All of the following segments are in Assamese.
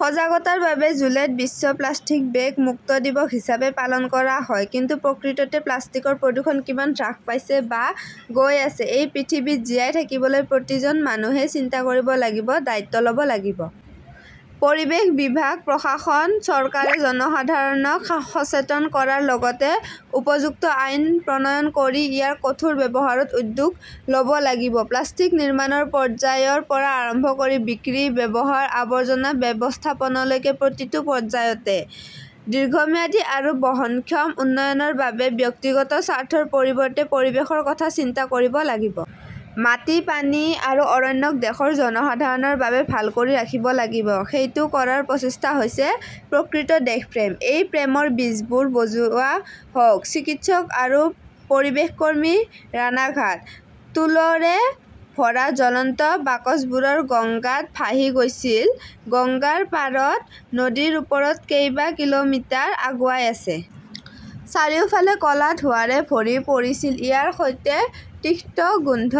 সজাগতাৰ বাবে জুলাইত বিশ্ব প্লাষ্টিক বেগ মুক্ত দিৱস হিচাপে পালন কৰা হয়। কিন্তু প্ৰকৃততে প্লাষ্টিকৰ প্ৰদূষণ কিমান হ্ৰাস পাইছে বা গৈ আছে? এই পৃথিৱীত জীয়াই থাকিবলৈ প্ৰতিজন মানুহে চিন্তা কৰিব লাগিব, দায়িত্ব ল'ব লাগিব। পৰিৱেশ বিভাগ, প্ৰশাসন, চৰকাৰে জনসাধাৰণক সচেতন কৰাৰ লগতে উপযুক্ত আইন প্ৰণয়ন কৰি ইয়াৰ কঠোৰ ব্যৱহাৰত উদ্যোগ ল'ব লাগিব। প্লাষ্টিক নিৰ্মাণৰ পৰ্যায়ৰ পৰা আৰম্ভ কৰি বিক্ৰী, ব্যৱহাৰ, আৱৰ্জনা ব্যৱস্থাপনালৈকে প্ৰতিটো পৰ্যায়তে। দীৰ্ঘম্যাদী আৰু বহনক্ষম উন্নয়নৰ বাবে ব্যক্তিগত স্বাৰ্থৰ পৰিৱৰ্তে পৰিৱেশৰ কথা চিন্তা কৰিব লাগিব। মাটি, পানী আৰু অৰণ্যক দেশৰ জনসাধাৰণৰ বাবে ভাল কৰি ৰাখিব লাগিব। সেইটো কৰাৰ প্ৰচেষ্টা হৈছে প্ৰকৃত দেশপ্ৰেম। এই প্ৰেমৰ বীজবোৰ বজোৱা হওক। চিকিৎসক আৰু পৰিৱেশ কৰ্মী, ৰাণাঘাট। তুলোৰে ভৰা জ্বলন্ত বাকচবোৰ গঙ্গাত ভাহি গৈছিল গংগাৰ পাৰত পানীৰ ওপৰত কেইবা কিলোমিটাৰ আগুৱাই আছে। চাৰিওফাল ক'লা ধোঁৱাৰে ভৰি পৰিছিল। ইয়াৰ সৈতে তিক্ত গোন্ধ।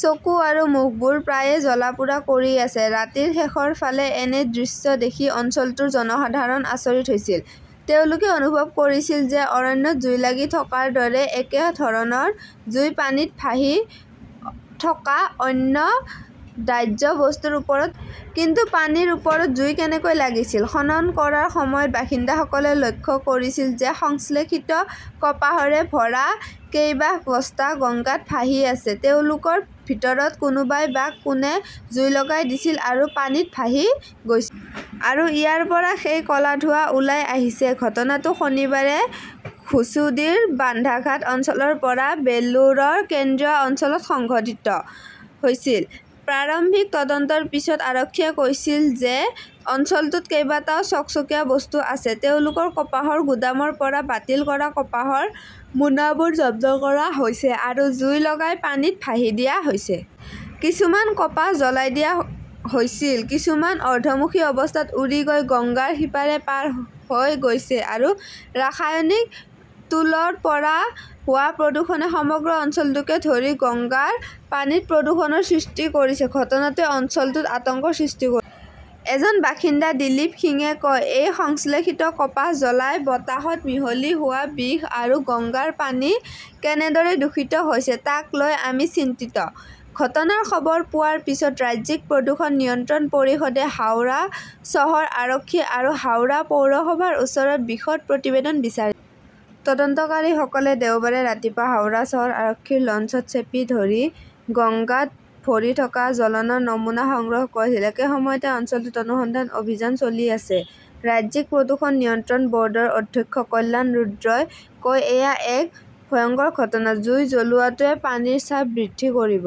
চকু আৰু মুখবোৰ প্ৰায়ে জ্বলা-পোৰা কৰি আছে। ৰাতিৰ শেষৰ ফালে এনে দৃশ্য দেখি অঞ্চলটোৰ জনসাধাৰণ আচৰিত হৈছিল। তেওঁলোকে অনুভৱ কৰিছিল যে অৰণ্যত জুই লাগি থকাৰ দৰে একে ধৰণৰ জুই পানীত ভাহি থকা কোনো দাহ্য বস্তুৰ ওপৰত পৰিছিল। কিন্তু পানীৰ ওপৰত জুই কেনেকৈ লাগিছিল? খনন কৰাৰ সময়ত বাসিন্দাসকলে লক্ষ্য কৰিছিল যে সংশ্লেষিত কপাহৰে ভৰা কেইবাশ বস্তা গঙ্গাত ভাহি আছে। তেওঁলোকৰ ভিতৰত কোনোবাই বা কোনে জুই লগাই দিছিল আৰু পানীত ভাহি গৈছিল। আৰু ইয়াৰ পৰা সেই ক'লা ধোঁৱা ওলাই আহিছে। ঘটনাটো শনিবাৰে ঘুছুডিৰ বান্ধাঘাট অঞ্চলৰ পৰা বেলুৰৰ কেন্দ্ৰীয় অঞ্চলত সংঘটিত হৈছিল। প্ৰাৰম্ভিক তদন্তৰ পিছত আৰক্ষীয়ে কৈছিল যে অঞ্চলটোত কেইবাটাও চকচকীয়া বস্তু আছে। তেওঁলোকৰ কপাহৰ গুদামৰ পৰা বাতিল কৰা কপাহৰ মোনাবোৰ জব্দ কৰা হৈছে আৰু জুই লগাই পানীত ভাহি দিয়া হৈছে। কিছুমান কপাহ জ্বলাই দিয়া হৈছিল। কিছুমান অৰ্ধমুখী অৱস্থাত উৰি গৈ গংগাৰ সিপাৰে পাৰ হৈ গৈছে। সেই ৰাসায়নিক তুলোৰ পৰা হোৱা প্ৰদূষণে সমগ্ৰ অঞ্চলটোকে ধৰি গংগাৰ পানীত প্ৰদূষণৰ সৃষ্টি কৰিছে। ঘটনাটোৱে অঞ্চলটোত আতংকৰ সৃষ্টি কৰিছে। এজন বাসিন্দা দিলীপ সিঙে কয়, সেই সংশ্লেষিত কপাহ জ্বলাই বতাহত মিহলি হোৱা বিষ আৰু গংগাৰ পানী কেনেদৰে দূষিত হৈছে তাক লৈ আমি চিন্তিত। ঘটনাৰ খবৰ পোৱাৰ পিছত ৰাজ্যিক প্ৰদূষণ নিয়ন্ত্ৰণ পৰিষদে হাওৰা চহৰ আৰক্ষী আৰু হাওৰা পৌৰসভাৰ ওচৰত বিশদ প্ৰতিবেদন বিচাৰিছে। তদন্তকাৰীসকলে দেওবাৰে ৰাতিপুৱা হাওৰা চহৰ আৰক্ষীৰ লঞ্চত চেপি ধৰি গঙ্গাত ভৰি থকা জ্বলনৰ নমুনা সংগ্ৰহ কৰিছিল। একে সময়তে অঞ্চলটোত অনুসন্ধান অভিযান চলি আছে। ৰাজ্যিক প্ৰদূষণ নিয়ন্ত্ৰণ বৰ্ডৰ অধ্যক্ষ কল্যাণ ৰুদ্ৰই কয়, এয়া এক ভয়ংকৰ ঘটনা। জুই জ্বলোৱাটোৱে পানীৰ তাপ বৃদ্ধি কৰিব।